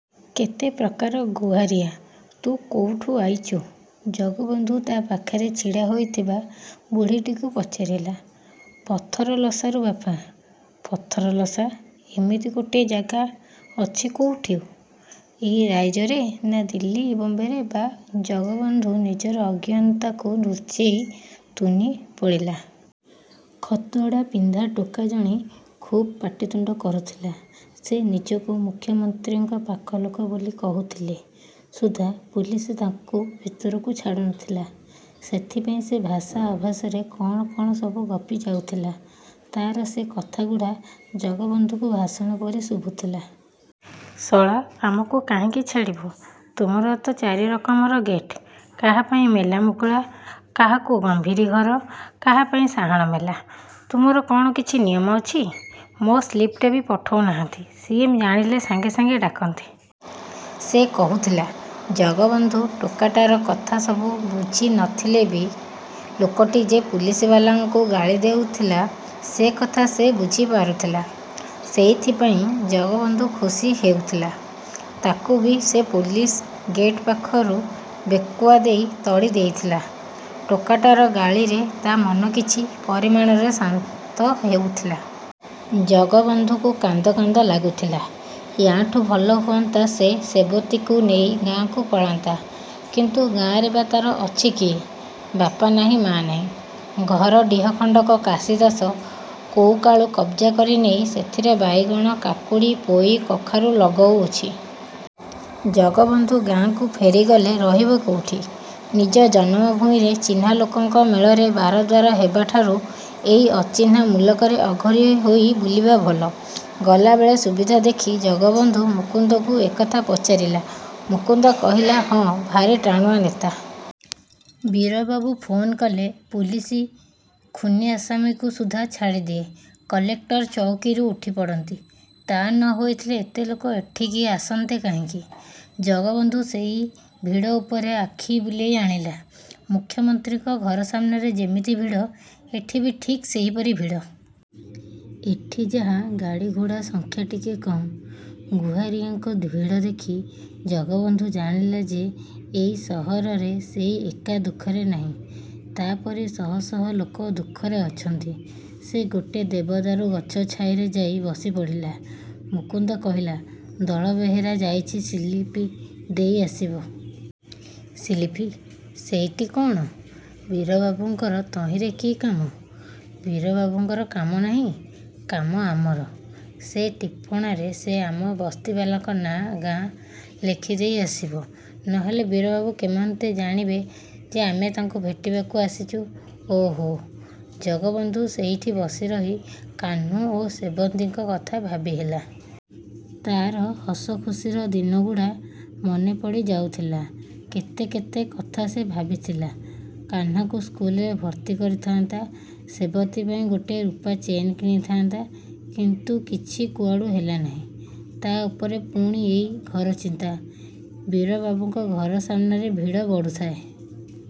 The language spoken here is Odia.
କେତେ ପ୍ରକାର ଗୁହାରିଆ। ତୁ କୋଉଠୁ ଆଇଛୁ? ଜଗବନ୍ଧୁ ତା ପାଖରେ ଛିଡ଼ା ହୋଇଥିବା ବୁଢ଼ୀଟିକୁ ପଚାରିଲା। 'ପଥରଲସାରୁ ବାପ! ' ପଥରଲସା? ଏମିତି ଗୋଟେ ଜାଗା ଅଛି କୋଉଠି? ଏଇ ରାଇଜରେ ନା ଦିଲ୍ଲୀ ବମ୍ବେରେ ବା! ଜଗବନ୍ଧୁ ନିଜର ଅଜ୍ଞତାକୁ ଲୁଚେଇ ତୁନି ପଡ଼ିଲା। ଖଦଡ଼ ପିନ୍ଧା ଟୋକା ଜଣେ ଖୁବ୍ ପାଟିତୁଣ୍ଡ କରୁଥିଲା। ସେ ନିଜକୁ ମୁଖ୍ୟମନ୍ତ୍ରୀଙ୍କ ପାଖଲୋକ ବୋଲି କହୁଥିଲେ ସୁଦ୍ଧା ପୁଲିସ ତାକୁ ଭିରତକୁ ଛାଡ଼ୁ ନଥିଲା। ସେଥିପାଇଁ ସେ ଭାଷା ଅଭାଷାରେ କଣ କଣ ସବୁ ଗପିଯାଉଥିଲା। ତାର ସେ କଥାଗୁଡ଼ା ଜଗବନ୍ଧୁକୁ ଭାଷଣ ପରି ଶୁଭୁଥିଲା। ଶଳା, ଆମକୁ କାହିଁକି ଛାଡ଼ିବ? ତୁମର ତ ଚାରି ରକମର ଗେଟ୍। କାହା ପାଇଁ ମେଲା ମୁକୁଳା, କାହାକୁ ଗମ୍ଭୀରି ଘର, କାହା ପାଇଁ ସାହାଣ ମେଲା, ତୁମର କଣ କିଛି ନିୟମ ଅଛି? ମୋ ସ୍ଲିପ୍ଟା ବି ପଠଉନାହାନ୍ତି। ସି. ଏମ୍. ଜାଣିଲେ ସାଙ୍ଗେ ସାଙ୍ଗେ ଡାକନ୍ତେ। ସେ କହୁଥିଲା। ଜଗବନ୍ଧୁ ଟୋକାଟାର କଥା ସବୁ ବୁଝୁ ନଥିଲେ ବି ଲୋକଟି ଯେ ପୁଲିସବାଲାଙ୍କୁ ଗାଳି ଦଉଥିଲା ସେକଥା ସେ ବୁଝି ପାରୁଥିଲା। ସେଇଥିପାଇଁ ଜଗବନ୍ଧୁ ଖୁସି ହେଉଥିଲା। ତାକୁ ବି ସେ ପୁଲିସ ଗେଟ୍ ପାଖରୁ ବେକୁଆ ଦେଇ ତଡ଼ିଦେଇଥିଲା। ଟୋକାଟାର ଗାଳିରେ ତା ମନ କିଛି ପରିମାଣରେ ଶାନ୍ତ ହେଉଥିଲା। ଜଗବନ୍ଧୁକୁ କାନ୍ଦ କାନ୍ଦ ଲାଗୁଥିଲା। ୟାଠୁଁ ଭଲ ହୁଅନ୍ତା ସେ ସେବତୀକୁ ନେଇ ଗାଁକୁ ପଳାନ୍ତା। କିନ୍ତୁ ଗାଁରେ ବା ତାର ଅଛି କିଏ? ବାପ ନାହିଁ, ମା ନାହିଁ। ଘର ଡିହ ଖଣ୍ଡକ କାଶି ଦାସ କୋଉକାଳୁ କବ୍ଜା କରିନେଇ ସେଥିରେ ବାଇଗଣ, କାକୁଡ଼ି, ପୋଇ, କଖାରୁ ଲଗଉଉଛି। ଜଗବନ୍ଧୁ ଗାଁକୁ ଫେରିଗଲେ ରହିବ କୋଉଠି? ନିଜ ଜନମ ଭୂଇଁରେ ଚିହ୍ନା ଲୋକଙ୍କ ମେଳରେ ବାରଦ୍ୱାର ହେବାଠାରୁ ଏଇ ଅଚିହ୍ନା ମୁଲକରେ ଅଘରୀ ହୋଇ ବୁଲିବା ଭଲ। ଗଲାବେଳେ ସୁବିଧା ଦେଖି ଜଗବନ୍ଧୁ ମୁକୁନ୍ଦକୁ ଏକଥା ପଚାରିଲା। ମୁକୁନ୍ଦ କହିଲା, "ହଁ, ଭାରି ଟାଣୁଆ ନେତା। ବୀରବାବୁ ଫୋନ୍ କଲେ ପୁଲିସ ଖୁନୀ ଆସାମୀକୁ ସୁଦ୍ଧା ଛାଡ଼ିଦିଏ। କଲେକ୍ଟର ଚଉକୀରୁ ଉଠିପଡ଼ନ୍ତି। ତା ନ ହୋଇଥିଲେ ଏତେ ଲୋକ ଏଠିକି ଆସନ୍ତେ କାହିଁକି? " ଜଗବନ୍ଧୁ ସେଇ ଭିଡ଼ ଉପରେ ଆଖି ବୁଲେଇ ଆଣିଲା। ମୁଖ୍ୟମନ୍ତ୍ରୀଙ୍କ ଘର ସାମ୍ନାରେ ଯେମିତି ଭିଡ଼, ଏଠି ବି ଠିକ୍ ସେହିପରି ଭିଡ଼। ଏଠି ଯାହା ଗାଡ଼ିଘୋଡ଼ା ସଂଖ୍ୟା ଟିକେ କମ୍। ଗୁହାରିଆଙ୍କ ଭିଡ଼ ଦେଖି ଜଗବନ୍ଧୁ ଜାଣିଲା ଯେ ଏଇ ସହରରେ ସେଇ ଏକା ଦୁଃଖରେ ନାହିଁ। ତା ପରି ଶହ ଶହ ଲୋକ ଦୁଃଖରେ ଅଛନ୍ତି। ସେ ଗୋଟେ ଦେବଦାରୁ ଗଛ ଛାଇରେ ଯାଇ ବସିପଡ଼ିଲା। ମୁକୁନ୍ଦ କହିଲା, 'ଦଳବେହେରା ଯାଇଛି ସିଲିପ୍ ଦେଇଆସିବ। 'ସିଲିପ୍! ସେଇଟି କଣ? ବୀରବାବୁଙ୍କର ତହିଁରେ କି କାମ? ବୀରବାବୁଙ୍କର କାମ ନାହିଁ। କାମ ଆମର। ସେଇ ଟିପଣାରେ ସେ ଆମ ବସ୍ତିବାଲାଙ୍କ ନାଁ, ଗାଁ ଲେଖିଦେଇ ଆସିବ। ନହେଲେ ବୀରବାବୁ କେମନ୍ତେ ଜାଣିବେ ଯେ ଆମେ ତାଙ୍କୁ ଭେଟିବାକୁ ଆସିଛୁ। ଓ ହୋ! ଜଗବନ୍ଧୁ ସେଇଠି ବସିରହି କାହ୍ନୁ ଓ ସେବତୀଙ୍କ କଥା ଭାବିହେଲା। ତାର ହସଖୁସିର ଦିନଗୁଡ଼ା ମନେପଡ଼ି ଯାଉଥିଲା। କେତେ କେତେ କଥା ସେ ଭାବିଥିଲା। କାହ୍ନୁକୁ ସ୍କୁଲରେ ଭର୍ତ୍ତି କରିଥାନ୍ତା, ସେବତୀ ପାଇଁ ଗୋଟେ ରୁପାଚେନ୍ କିଣିଥାନ୍ତା। କିନ୍ତୁ କିଛି କୁଆଡ଼ୁ ହେଲା ନାହିଁ। ତା' ଉପରେ ପୁଣି ଏଇ ଘରଚିନ୍ତା। ବୀରବାବୁଙ୍କ ଘର ସାମ୍ନାରେ ଭିଡ଼ ବଢ଼ୁଥାଏ।